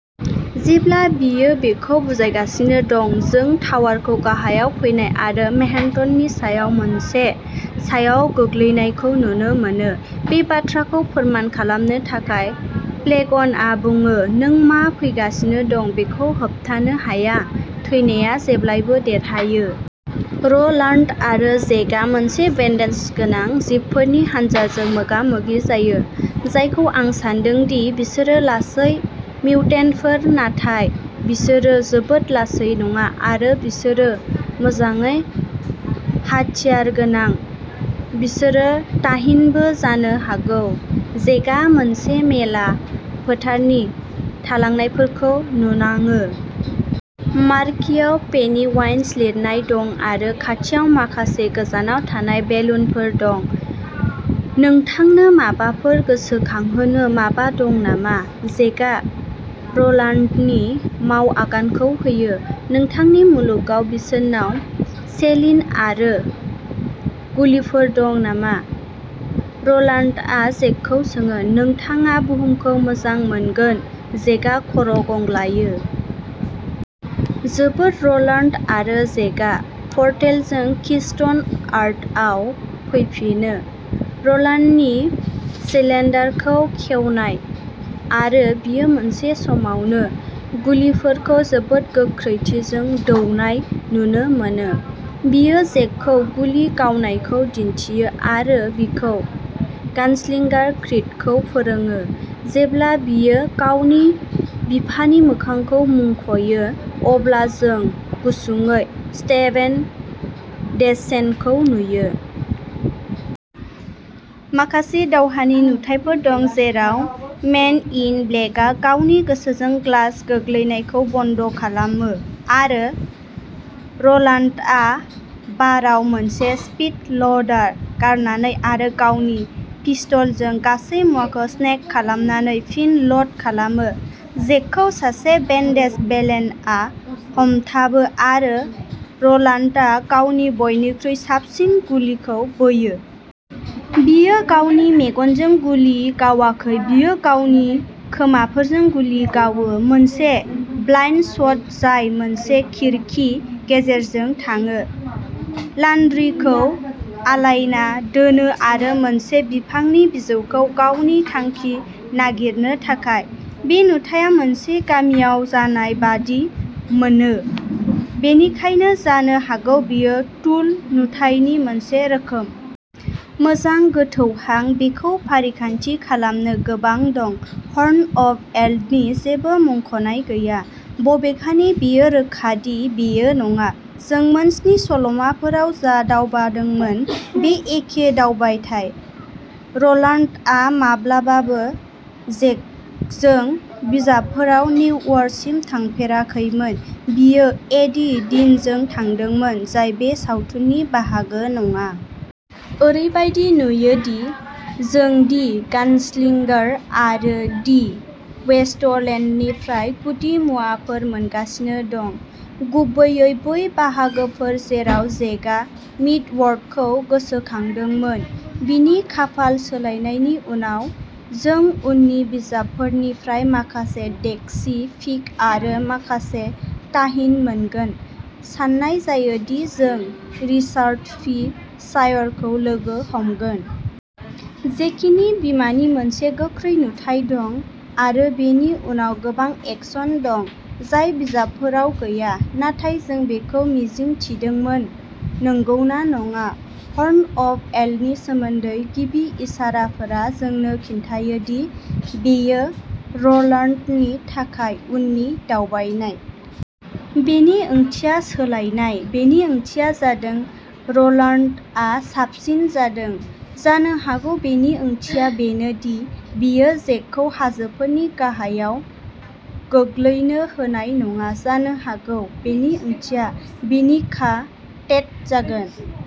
जेब्ला बियो बेखौ बुजायगासिनो दं, जों टावारखौ गाहायाव फैनाय आरो मेनहट्टननि सायाव मोनसे साया गोग्लैनायखौ नुनो मोनो। बे बाथ्राखौ फोरमान खालामनो थाखाय, फ्लेगनआ बुङो, नों मा फैगासिनो दं बेखौ होबथानो हाया। थैनाया जेब्लाबो देरहायो। र'लान्ड आरो जेकआ मोनसे बेन्डेज गोनां जिबफोरनि हान्जाजों मोगा-मोगि जायो, जायखौ आं सान्दों दि बिसोरो लासै मिउटेन्टफोर, नाथाय बिसोरो जोबोद लासै नङा आरो बिसोरो मोजाङै हाथियारगोनां। बिसोरो ताहिनबो जानो हागौ। जेकआ मोनसे मेला फोथारनि थालांनायफोरखौ नुनाङो। मार्कीआव पेनिवाइज लिरनाय दं आरो खाथियाव माखासे गोजावना थानाय बेलुनफोर दं। नोंथांनो माबाफोर गोसोखांहो माबा दं नामा? जेकआ र'लान्डनि मावआगानखौ होयो। नोंथांनि मुलुगाव बिसोरनाव सिलिन आरो गुलिफोर दं नामा? र'लान्डआ जेकखौ सोङो। नोंथाङा बुहुमखौ मोजां मोनगोन जेकआ खर' गंग्लायो। जोबोद, र'लान्ड आरो जेकआ पर्टेलजों किस्ट'न आर्थआव फैफिनो। र'लान्डनि सिलिनडारखौ खेवनाय, आरो बियो मोनसे समावनो गुलिफोरखौ जोबोद गोख्रैथिजों दौनाय नुनो मोनो। बियो जेकखौ गुलि गावनायखौ दिन्थियो, आरो बिखौ गानस्लिंगार क्रीडखौ फोरोङो। जेब्ला बियो गावनि बिफानि मोखांखौ मुंख'यो, अब्ला जों गुसुंयै स्टेभेन डेसचेनखौ नुयो। माखासे दावहानि नुथाइफोर दं जेराव मेन इन ब्लेकआ गावनि गोसोजों ग्लास गोग्लैनायखौ बन्द' खालामो आरो र'लान्डआ बाराव मोनसे स्पीड-ल'डार गारनानै आरो गावनि पिस्तोलजों गासै मुवाखौ स्नेग खालामनानै फिन ल'ड खालामो। जेकखौ सासे बेन्डेजड भिलेनआ हमथाबो आरो र'लान्डआ गावनि बयनिख्रुइ साबसिन गुलिखौ बोयो। बियो गावनि मेगनजों गुलि गावाखै बियो गावनि खोमाफोरजों गुलि गावो, मोनसे ब्लाइन्ड शट जाय मोनसे खिरखि गेजेरजों थाङो, लान्ड्रिखौ आलायना दोनो आरो मोनसे बिफांनि बिजौखौ गावनि थांखि नागिरनो थाखाय। बे नुथाया मोनसे गामियाव जानाय बायदि मोनो, बेनिखायनो जानो हागौ बेयो टुल नुथायनि मोनसे रोखोम। मोजां, गोथौ हां। बेखौ फारिखान्थि खालामनो गोबां दं। हर्न अफ एल्डनि जेबो मुंख'नाय गैया, बबेखानि बेयो रोखा दि बेयो नङा। जों मोनस्नि सल'माफोराव जा दावबायदोंमोन बे एखे दावबायथाय। र'लान्डआ माब्लाबाबो जेकजों बिजाबफोराव निउयर्कसिम थाफेराखैमोन बियो एडि डीनजों थांदोंमोन, जाय बे सावथुननि बाहागो नङा। ओरैबायदि नुयोदि जों दि गानस्लिंगार आरो दि वेसट'लेन्डनिफ्राय गुदिमुवाफोर मोनगासिनो दं, गुबैयै बै बाहागोफोर जेराव जेकआ मिड-वर्ल्डखौ गोसोखांदोंमोन बिनि खाफाल सोलायनायनि उनाव। जों उननि बिजाबफोरनिफ्राय माखासे डिक्सी पिग आरो माखासे ताहिन मोनगोन। सान्नाय जायो दि जों रिचार्ड पि सायरखौ लोगो हमगोन। जेकिनि बिमानि मोनसे गोख्रै नुथाइ दं। आरो बेनि उनाव गोबां एक्शन दं जाय बिजाबफोराव गैया। नाथाय जों बेखौ मिजिं थिदोंमोन, नंगौना नङा? हर्न अफ एल्डनि सोमोन्दै गिबि इसाराफोरा जोंनो खिन्थायो दि बेयो र'लान्डनि थाखाय उननि दावबायनाय। बेनि ओंथिया सोलायनाय। बेनि ओंथिया जादों र'लान्डआ साबसिन जादों। जानो हागौ बेनि ओंथिया बेनोदि बियो जेकखौ हाजोफोरनि गाहायाव गोग्लैनो होनाय नङा। जानो हागौ बेनि ओंथिया बिनि का-टेट जागोन।